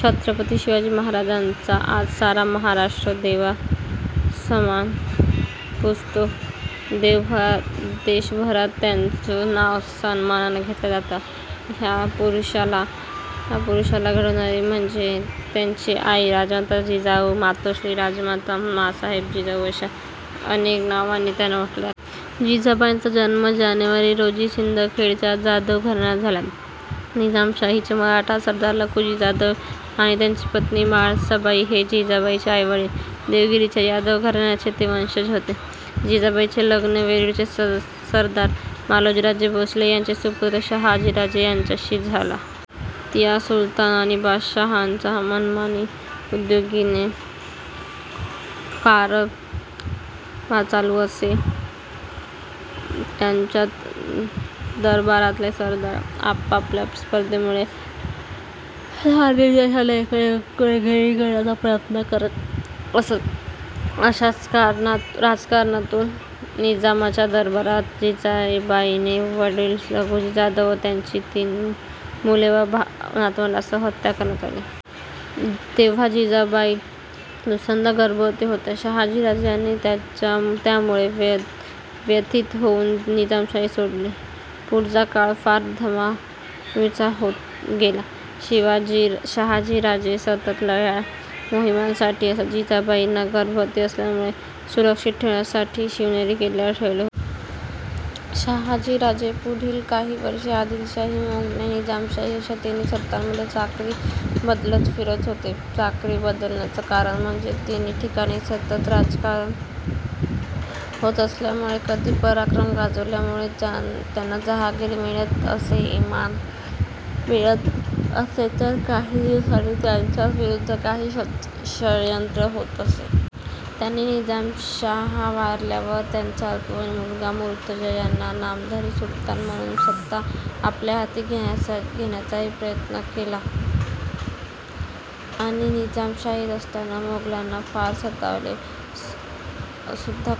छत्रपती शिवाजी महाराजांना आज सारा महाराष्ट्र देवासमान पुजतो. देशभरात त्यांचं नाव सन्मानानं घेतलं जातं. ह्या महापुरुषाला घडवणारी व्यक्ती म्हणजे त्यांची आई. राजमाता जिजाबाई. मातोश्री, राजमाता, मांसाहेब, जिजाऊ अशा अनेक नावांनी त्यांना ओळखलं जातं. जिजाबाईंचा जन्म जानेवारी रोजी सिंदखेडराजाच्या जाधव घराण्यात झाला. निजामशाहीचे मराठा सरदार लखुजी जाधव आणि त्यांची पत्नी म्हाळसाबाई हे जिजाबाईंचे आईवडील. देवगिरीच्या यादव घराण्याचे ते वंशज होते. जिजाबाईंचे लग्न वेरूळचे सरदार मालोजीराजे भोसले यांचे सुपुत्र शहाजीराजे भोसले यांच्याशी झाला. त्या सुलतान आणि बादशाहांचा मनमानी पद्धतीने राज्यकारभार चालु असे. त्यांच्याच दरबारातले सरदार आपसातल्या स्पर्धेमुळे किंवा धार्मिक द्वेषामुळे एकमेकांवर कुरघोडी करायचा प्रयत्न करत असत. अशाच राजकारणातुन निजामाच्या दरबारात जिजाबाईंचे वडील लखुजी जाधव, त्यांची मुले आणि नातवंडांसकट हत्या करण्यात आली. तेव्हा जिजाबाई दुसऱ्यांदा गर्भवती होत्या. शहाजी राजे यांनी यामुळे व्यथित होऊन निजामशाही सोडली. पुढचा काळ फार धामधुमीचा गेला. शहाजी राजे सतत लढायांसाठी मोहिमांवर असत. जिजाबाईंना गर्भवती असल्यामुळे सुरक्षित ठेवण्यासाठी शिवनेरी किल्ल्यावर ठेवले होते. शहाजी राजे पुढची काही वर्षे आदिलशाही, मोगलाई, निजामशाही अशा तिन्ही सत्तांमध्ये चाकरी बदलत फिरत होते. चाकरी बदलण्याच कारण म्हणजे तिन्ही ठिकाणी सतत राजकारण होत असल्यामुळे कधी पराक्रम गाजवल्यामुळे त्यांना जहागिरी मिळत असे, इनाम मिळत असे तर काही दिवसांनी त्यांच्याच विरुद्ध काही षडयंत्र होत असे. त्यांनी निजामशहा वारल्यावर त्याचा अल्पवयीन मुलगा मुर्तझा याला नामधारी सुलतान करून सत्ता आपल्या हाती घेण्याचाही प्रयत्न केला. त्यांनी मोगलाईमध्ये सुद्धा काम केले आणि नंतर आदिलशाही आणि निजामशाहीत असताना मोगलांना फार सतावले सुद्धा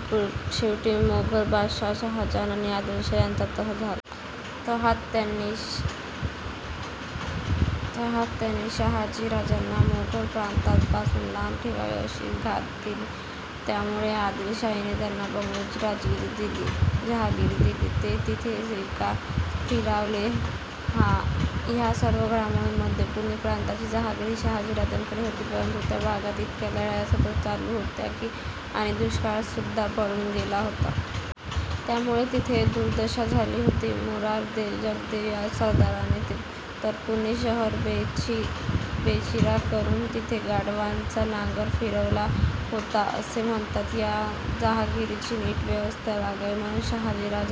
शेवटी मोगल बादशाह शहाजहान आणि आदिलशाह यांच्यात तह झाला. तहात त्यांनी शहाजी राजांना मोगल प्रांतापासुन लांब ठेवावे अशी आत घातली. त्यामुळे आदिलशाहने त्यांना बंगळुरूची जहागिरी दिली. ते तिथे स्थिरावले. ह्या सर्व घडामोडींमध्ये पुणे प्रांताची जहागिरी शहाजीराजांकडे होती परंतु त्या भागात इतक्या लढाया सतत चालु होत्या आणि त्यात दुष्काळ पडून गेला होता. त्यामुळे तिथे दुर्दशा झाली होती. मुरार जगदेव या सरदाराने तर पुणे शहर बेचिराख करून तिथे गाढवाचा नांगर फिरवला होता असे म्हणतात. या जहागिरीची नीट व्यवस्था लागावी म्हणून शहाजीराजांनी